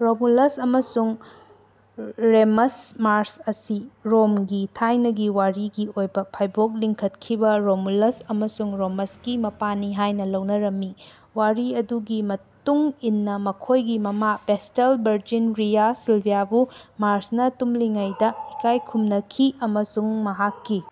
Romulus ꯑꯃꯁꯨꯡ Remus Mars ꯑꯁꯤ ꯔꯣꯝꯒꯤ ꯊꯥꯏꯅꯒꯤ ꯋꯥꯔꯤꯒꯤ ꯑꯣꯏꯕ ꯐꯥꯏꯕꯣꯛ ꯂꯤꯡꯈꯠꯈꯤꯕ ꯔꯣꯃꯨꯂꯁ ꯑꯃꯁꯨꯡ ꯔꯦꯃꯁꯀꯤ ꯃꯄꯥꯅꯤ ꯍꯥꯏꯅ ꯂꯧꯅꯔꯝꯃꯤ꯫ ꯋꯥꯔꯤ ꯑꯗꯨꯒꯤ ꯃꯇꯨꯡ ꯏꯟꯅ ꯃꯈꯣꯏꯒꯤ ꯃꯃꯥ ꯚꯦꯁ꯭ꯇꯜ ꯚꯔꯖꯤꯟ ꯔꯤꯌꯥ ꯁꯤꯜꯚꯤꯌꯥꯕꯨ ꯃꯥꯔ꯭ꯁꯅ ꯇꯨꯝꯂꯤꯉꯩꯗ ꯏꯀꯥꯏ ꯈꯨꯝꯅꯈꯤ ꯑꯃꯁꯨꯡ ꯃꯍꯥꯛꯀꯤ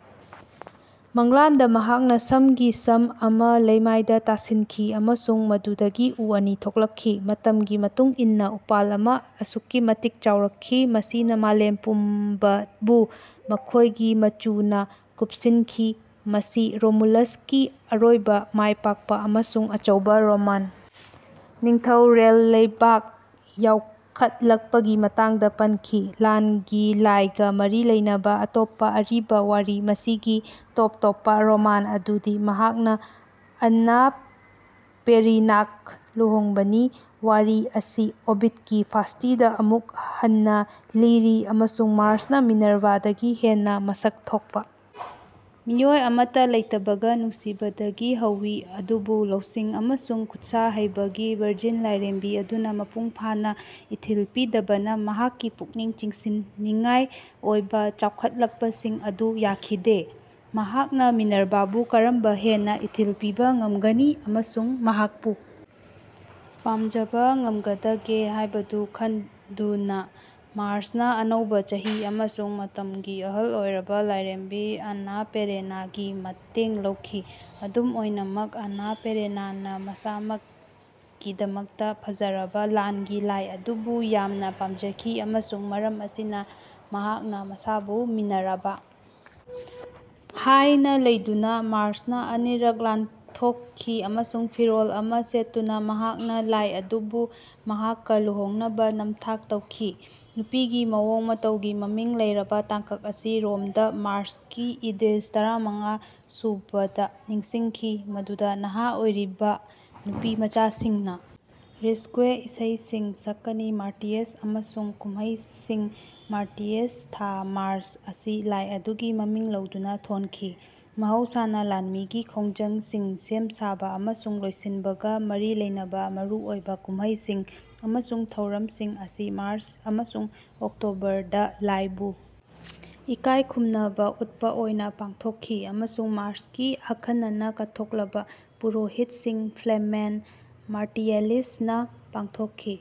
ꯃꯪꯂꯥꯟꯗ ꯃꯍꯥꯛꯅ ꯁꯝꯒꯤ ꯁꯝ ꯑꯃ ꯂꯩꯃꯥꯏꯗ ꯇꯥꯁꯤꯟꯈꯤ ꯑꯃꯁꯨꯡ ꯃꯗꯨꯗꯒꯤ ꯎ ꯑꯅꯤ ꯊꯣꯛꯂꯛꯈꯤ꯫ ꯃꯇꯝꯒꯤ ꯃꯇꯨꯡ ꯏꯟꯅ ꯎꯄꯥꯜ ꯑꯃ ꯑꯁꯨꯛꯀꯤ ꯃꯇꯤꯛ ꯆꯥꯎꯔꯛꯈꯤ ꯃꯁꯤꯅ ꯃꯥꯂꯦꯝ ꯄꯨꯝꯕꯕꯨ ꯃꯈꯣꯏꯒꯤ ꯃꯆꯨꯅ ꯀꯨꯞꯁꯤꯟꯈꯤ ꯃꯁꯤ ꯔꯣꯃꯨꯂꯁꯀꯤ ꯑꯔꯣꯏꯕ ꯃꯥꯏꯄꯥꯛꯄ ꯑꯃꯁꯨꯡ ꯑꯆꯧꯕ ꯔꯣꯃꯥꯟ ꯅꯤꯡꯊꯧꯔꯦꯜ ꯂꯩꯕꯥꯛ ꯌꯥꯎꯈꯠꯂꯛꯄꯒꯤ ꯃꯇꯥꯡꯗ ꯄꯟꯈꯤ꯫ ꯂꯥꯟꯒꯤ ꯂꯥꯏꯒ ꯃꯔꯤ ꯂꯩꯅꯕ ꯑꯇꯣꯞꯄ ꯑꯔꯤꯕ ꯋꯥꯔꯤ ꯃꯁꯤꯒꯤ ꯇꯣꯞ-ꯇꯣꯞꯄ ꯔꯣꯃꯥꯟ ꯑꯗꯨꯗꯤ ꯃꯍꯥꯛꯅ ꯑꯟꯅꯥꯄ ꯄꯦꯔꯦꯅꯥꯒ ꯂꯨꯍꯣꯡꯕꯅꯤ꯫ ꯋꯥꯔꯤ ꯑꯁꯤ ꯑꯣꯕꯤꯗꯀꯤ ꯐꯥꯁ꯭ꯇꯤꯗ ꯑꯃꯨꯛ ꯍꯟꯅ ꯂꯤꯔꯤ ꯑꯃꯁꯨꯡ ꯃꯥꯔ꯭ꯁꯅ ꯃꯤꯅꯔꯚꯥꯗꯒꯤ ꯍꯦꯟꯅ ꯃꯁꯛ ꯊꯣꯛꯄ ꯃꯤꯑꯣꯏ ꯑꯃꯠꯇ ꯂꯩꯇꯕꯒ ꯅꯨꯡꯁꯤꯕꯗꯒꯤ ꯍꯧꯏ ꯑꯗꯨꯕꯨ ꯂꯧꯁꯤꯡ ꯑꯃꯁꯨꯡ ꯈꯨꯠꯁꯥ ꯍꯩꯕꯒꯤ ꯚꯔꯖꯤꯟ ꯂꯥꯏꯔꯦꯝꯕꯤ ꯑꯗꯨꯅ ꯃꯄꯨꯡ ꯐꯥꯅ ꯏꯊꯤꯜ ꯄꯤꯗꯕꯅ ꯃꯍꯥꯛꯀꯤ ꯄꯨꯛꯅꯤꯡ ꯆꯤꯡꯁꯤꯟꯅꯤꯡꯉꯥꯏ ꯑꯣꯏꯕ ꯆꯥꯎꯈꯠꯂꯛꯄꯁꯤꯡ ꯑꯗꯨ ꯌꯥꯈꯤꯗꯦ꯫ ꯃꯍꯥꯛꯅ ꯃꯤꯅꯔꯚꯥꯕꯨ ꯀꯔꯝꯅ ꯍꯦꯟꯅ ꯏꯊꯤꯜ ꯄꯤꯕ ꯉꯝꯒꯅꯤ ꯑꯃꯁꯨꯡ ꯃꯍꯥꯛꯄꯨ ꯄꯥꯝꯖꯕ ꯉꯝꯒꯗꯒꯦ ꯍꯥꯏꯕꯗꯨ ꯈꯟꯗꯨꯅ ꯃꯥꯔ꯭ꯁꯅ ꯑꯅꯧꯕ ꯆꯍꯤ ꯑꯃꯁꯨꯡ ꯃꯇꯝꯒꯤ ꯑꯍꯜ ꯑꯣꯏꯔꯕ ꯂꯥꯏꯔꯦꯝꯕꯤ ꯑꯟꯅꯥꯄ ꯄꯦꯔꯦꯅꯥꯒꯤ ꯃꯇꯦꯡ ꯂꯧꯈꯤ꯫ ꯑꯗꯨꯝ ꯑꯣꯏꯅꯃꯛ ꯑꯟꯅꯥꯄ ꯄꯦꯔꯦꯅꯥꯅ ꯃꯁꯥꯃꯛꯀꯤꯗꯃꯛꯇ ꯐꯖꯔꯕ ꯂꯥꯟꯒꯤ ꯂꯥꯏ ꯑꯗꯨꯕꯨ ꯌꯥꯝꯅ ꯄꯥꯝꯖꯈꯤ ꯑꯃꯁꯨꯡ ꯃꯔꯝ ꯑꯁꯤꯅ ꯃꯍꯥꯛꯅ ꯃꯁꯥꯕꯨ ꯃꯤꯅꯔꯚꯥ ꯍꯥꯏꯅ ꯂꯧꯗꯨꯅ ꯃꯥꯔ꯭ꯁ ꯑꯅꯤꯔꯛ ꯂꯥꯟꯊꯣꯛꯈꯤ ꯑꯃꯁꯨꯡ ꯐꯤꯔꯣꯜ ꯑꯃ ꯁꯦꯠꯇꯨꯅ ꯃꯍꯥꯛꯅ ꯂꯥꯏ ꯑꯗꯨꯕꯨ ꯃꯍꯥꯛꯀ ꯂꯨꯍꯣꯡꯅꯕ ꯅꯝꯊꯥꯛ ꯇꯧꯈꯤ꯫ ꯅꯨꯄꯤꯒꯤ ꯃꯑꯣꯡ ꯃꯇꯧꯒꯤ ꯃꯃꯤꯡ ꯂꯩꯔꯕ ꯇꯥꯡꯀꯛ ꯑꯁꯤ ꯔꯣꯝꯗ ꯃꯥꯔ꯭ꯆꯀꯤ ꯏꯗꯦꯁ ꯇꯔꯥꯃꯉꯥ ꯁꯨꯕꯗ ꯅꯤꯡꯁꯤꯡꯈꯤ ꯃꯗꯨꯗ ꯅꯍꯥ ꯑꯣꯏꯔꯤꯕ ꯅꯨꯄꯤꯃꯆꯥꯁꯤꯡꯅ ꯔꯤꯁ꯭ꯀ꯭ꯋꯦ ꯏꯁꯩꯁꯤꯡ ꯁꯛꯀꯅꯤ꯫ ꯃꯥꯔꯇꯤꯌꯁ ꯑꯃꯁꯨꯡ ꯀꯨꯝꯍꯩꯁꯤꯡ ꯃꯥꯔꯇꯤꯌꯁ ꯊꯥ ꯃꯥꯔ꯭ꯆ ꯑꯁꯤ ꯂꯥꯏ ꯑꯗꯨꯒꯤ ꯃꯃꯤꯡ ꯂꯧꯗꯨꯅ ꯊꯣꯟꯈꯤ꯫ ꯃꯍꯧꯁꯥꯅ ꯂꯥꯟꯃꯤꯒꯤ ꯈꯣꯡꯖꯪꯁꯤꯡ ꯁꯦꯝ ꯁꯥꯕ ꯑꯃꯁꯨꯡ ꯂꯣꯏꯁꯤꯟꯕꯒ ꯃꯔꯤ ꯂꯩꯅꯕ ꯃꯔꯨꯑꯣꯏꯕ ꯀꯨꯝꯍꯩꯁꯤꯡ ꯑꯃꯁꯨꯡ ꯊꯧꯔꯝꯁꯤꯡ ꯑꯁꯤ ꯃꯥꯔ꯭ꯆ ꯑꯃꯁꯨꯡ ꯑꯣꯛꯇꯣꯕꯔꯗ ꯂꯥꯏꯕꯨ ꯏꯀꯥꯏ ꯈꯨꯝꯅꯕ ꯎꯠꯄ ꯑꯣꯏꯅ ꯄꯥꯡꯊꯣꯛꯈꯤ ꯑꯃꯁꯨꯡ ꯃꯥꯔ꯭ꯁꯀꯤ ꯑꯈꯟꯅꯅ ꯀꯠꯊꯣꯛꯂꯕ ꯄꯨꯔꯣꯍꯤꯠꯁꯤꯡ ꯐ꯭ꯂꯦꯃꯦꯟ ꯃꯥꯔꯇꯤꯌꯥꯂꯤꯁꯅ ꯄꯥꯡꯊꯣꯛꯈꯤ꯫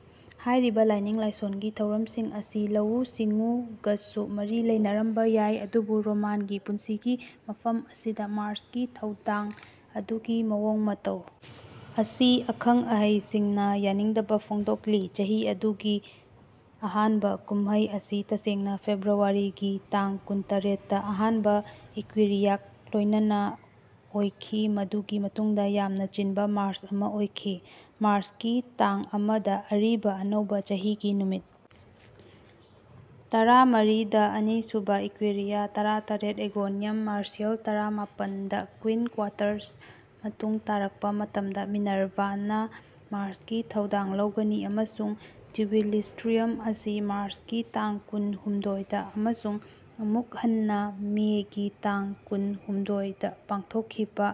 ꯍꯥꯏꯔꯤꯕ ꯂꯥꯏꯅꯤꯡ ꯂꯥꯏꯁꯣꯜꯒꯤ ꯊꯧꯔꯝꯁꯤꯡ ꯑꯁꯤ ꯂꯧꯎ ꯁꯤꯡꯎꯒꯁꯨ ꯃꯔꯤ ꯂꯩꯅꯔꯝꯕ ꯌꯥꯏ ꯑꯗꯨꯕꯨ ꯔꯣꯃꯥꯟꯒꯤ ꯄꯨꯟꯁꯤꯒꯤ ꯃꯐꯝ ꯑꯁꯤꯗ ꯃꯥꯔ꯭ꯁꯀꯤ ꯊꯧꯗꯥꯡ ꯑꯗꯨꯒꯤ ꯃꯑꯣꯡ ꯃꯇꯧ ꯑꯁꯤ ꯑꯈꯪ ꯑꯍꯩꯁꯤꯡꯅ ꯌꯥꯅꯤꯡꯗꯕ ꯐꯣꯡꯗꯣꯛꯂꯤ꯫ ꯆꯍꯤ ꯑꯗꯨꯒꯤ ꯑꯍꯥꯟꯕ ꯀꯨꯝꯍꯩ ꯑꯁꯤ ꯇꯁꯦꯡꯅ ꯐꯦꯕ꯭ꯔꯨꯋꯥꯔꯤꯒꯤ ꯇꯥꯡ ꯀꯨꯟꯇꯔꯦꯠꯇ ꯑꯍꯥꯟꯕ ꯏꯀ꯭ꯋꯤꯔꯤꯌꯥꯒ ꯂꯣꯏꯅꯅ ꯑꯣꯏꯈꯤ ꯃꯗꯨꯒꯤ ꯃꯇꯨꯡꯗ ꯌꯥꯝꯅ ꯆꯤꯟꯕ ꯃꯥꯔ꯭ꯆ ꯑꯃ ꯑꯣꯏꯈꯤ꯫ ꯃꯥꯔ꯭ꯆꯀꯤ ꯇꯥꯡ ꯑꯃ ꯗ ꯑꯔꯤꯕ ꯑꯅꯧꯕ ꯆꯍꯤꯒꯤ ꯅꯨꯃꯤꯠ ꯇꯔꯥꯃꯔꯤꯗ ꯑꯅꯤꯁꯨꯕ ꯏꯀ꯭ꯋꯤꯔꯤꯌꯥ ꯇꯔꯥ ꯇꯔꯦꯠꯇ ꯑꯦꯒꯣꯅꯤꯌꯝ ꯃꯥꯔꯁꯤꯌꯦꯜ ꯇꯔꯥ ꯃꯥꯄꯟꯗ ꯀ꯭ꯋꯤꯟꯀ꯭ꯋꯥꯇ꯭ꯔꯁ ꯃꯇꯨꯡ ꯇꯥꯔꯛꯄ ꯃꯇꯝꯗ ꯃꯤꯅꯔꯚꯥꯅ ꯃꯥꯔ꯭ꯁꯀꯤ ꯊꯧꯗꯥꯡ ꯂꯧꯒꯅꯤ ꯑꯃꯁꯨꯡ ꯇꯨꯕꯤꯂꯨꯁ꯭ꯇ꯭ꯔꯤꯌꯝ ꯑꯁꯤ ꯃꯥꯔ꯭ꯆꯀꯤ ꯇꯥꯡ ꯀꯨꯟꯍꯨꯝꯗꯣꯏꯗ ꯑꯃꯁꯨꯡ ꯑꯃꯨꯛ ꯍꯟꯅ ꯃꯦꯒꯤ ꯇꯥꯡ ꯀꯨꯟꯍꯨꯝꯗꯣꯏꯗ ꯄꯥꯡꯊꯣꯛꯈꯤꯕ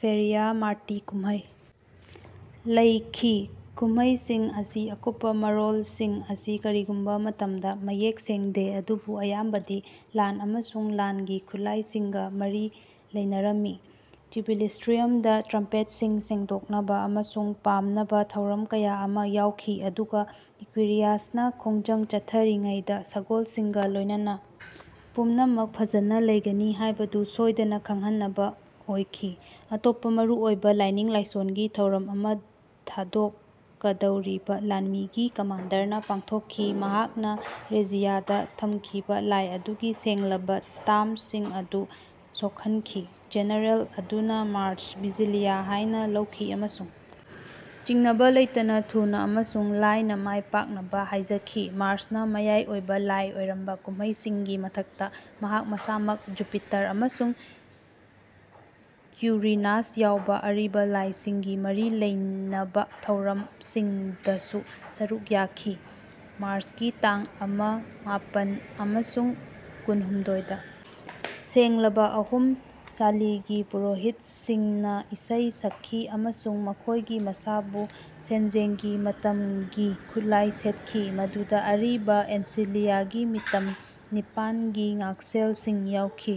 ꯐꯦꯔꯤꯌꯥ ꯃꯥꯔꯇꯤ ꯀꯨꯝꯍꯩ ꯂꯩꯈꯤ꯫ ꯀꯨꯝꯍꯩꯁꯤꯡ ꯑꯁꯤꯒꯤ ꯑꯀꯨꯞꯄ ꯃꯔꯣꯜꯁꯤꯡ ꯑꯁꯤ ꯀꯔꯤꯒꯨꯝꯕ ꯃꯇꯝꯗ ꯃꯌꯦꯛ ꯁꯦꯡꯗꯦ ꯑꯗꯨꯕꯨ ꯑꯌꯥꯝꯕꯗꯤ ꯂꯥꯟ ꯑꯃꯁꯨꯡ ꯂꯥꯟꯒꯤ ꯈꯨꯠꯂꯥꯏꯁꯤꯡꯒ ꯃꯔꯤ ꯂꯩꯅꯔꯝꯃꯤ꯫ ꯇꯨꯕꯤꯂꯁ꯭ꯇ꯭ꯔꯤꯌꯝꯗ ꯇ꯭ꯔꯝꯄꯦꯠꯁꯤꯡ ꯁꯦꯡꯗꯣꯛꯅꯕ ꯑꯃꯁꯨꯡ ꯄꯥꯝꯅꯕ ꯊꯧꯔꯝ ꯀꯌꯥ ꯑꯃ ꯌꯥꯎꯈꯤ ꯑꯗꯨꯒ ꯏꯀ꯭ꯋꯤꯔꯤꯌꯥꯁꯅ ꯈꯣꯡꯖꯪ ꯆꯠꯊꯔꯤꯉꯩꯗ ꯁꯒꯣꯜꯁꯤꯡꯒ ꯂꯣꯏꯅꯅ ꯄꯨꯝꯅꯃꯛ ꯐꯖꯅ ꯂꯩꯒꯅꯤ ꯍꯥꯏꯕꯗꯨ ꯁꯣꯏꯗꯅ ꯈꯪꯍꯟꯅꯕ ꯑꯣꯏꯈꯤ꯫ ꯑꯇꯣꯞꯄ ꯃꯔꯨꯑꯣꯏꯕ ꯂꯥꯏꯅꯤꯡ ꯂꯥꯏꯁꯣꯜꯒꯤ ꯊꯧꯔꯝ ꯑꯃ ꯊꯥꯗꯣꯛꯀꯗꯧꯔꯤꯕ ꯂꯥꯟꯃꯤꯒꯤ ꯀꯃꯥꯟꯗꯔꯅ ꯄꯥꯡꯊꯣꯛꯈꯤ ꯃꯍꯥꯛꯅ ꯔꯦꯖꯤꯌꯥꯗ ꯊꯝꯈꯤꯕ ꯂꯥꯏ ꯑꯗꯨꯒꯤ ꯁꯦꯡꯂꯕ ꯇꯥꯡꯁꯤꯡ ꯑꯗꯨ ꯁꯣꯛꯍꯟꯈꯤ꯫ ꯖꯦꯅꯔꯦꯜ ꯑꯗꯨꯅ ꯃꯥꯔ꯭ꯁ ꯚꯤꯖꯤꯂꯤꯌꯥ ꯍꯥꯏꯅ ꯂꯥꯎꯈꯤ ꯑꯃꯁꯨꯡ ꯆꯤꯡꯅꯕ ꯂꯩꯇꯅ ꯊꯨꯅ ꯑꯃꯁꯨꯡ ꯂꯥꯏꯅ ꯃꯥꯏꯄꯥꯛꯅꯕ ꯍꯥꯏꯖꯈꯤ꯫ ꯃꯥꯔ꯭ꯁꯅ ꯃꯌꯥꯏ ꯑꯣꯏꯕ ꯂꯥꯏ ꯑꯣꯏꯔꯝꯕ ꯀꯨꯝꯍꯩꯁꯤꯡꯒꯤ ꯃꯊꯛꯇ ꯃꯍꯥꯛ ꯃꯁꯥꯃꯛ ꯖꯨꯄꯤꯇꯔ ꯑꯃꯁꯨꯡ ꯀ꯭ꯋꯤꯔꯤꯅꯁ ꯌꯥꯎꯕ ꯑꯔꯤꯕ ꯂꯥꯏꯁꯤꯡꯒꯤ ꯃꯔꯤ ꯂꯩꯅꯕ ꯊꯧꯔꯝꯁꯤꯡꯗꯁꯨ ꯁꯔꯨꯛ ꯌꯥꯈꯤ꯫ ꯃꯥꯔ꯭ꯆꯀꯤ ꯇꯥꯡ ꯑꯃ ꯃꯥꯄꯟ ꯑꯃꯁꯨꯡ ꯀꯨꯟꯍꯨꯝꯗꯣꯏꯗ ꯁꯦꯡꯂꯕ ꯑꯍꯨꯝ ꯁꯥꯂꯤꯒꯤ ꯄꯨꯔꯣꯍꯤꯠꯁꯤꯡꯅ ꯏꯁꯩ ꯁꯛꯈꯤ ꯑꯃꯁꯨꯡ ꯃꯈꯣꯏ ꯃꯁꯥꯕꯨ ꯁꯦꯟꯖꯦꯡꯒꯤ ꯃꯇꯝꯒꯤ ꯈꯨꯠꯂꯥꯏ ꯁꯦꯠꯈꯤ ꯃꯗꯨꯗ ꯑꯔꯤꯕ ꯑꯦꯟꯁꯤꯂꯤꯌꯥꯒꯤ ꯃꯤꯇꯝ ꯅꯤꯄꯥꯟꯒꯤ ꯉꯥꯛꯁꯦꯜꯁꯤꯡ ꯌꯥꯎꯈꯤ꯫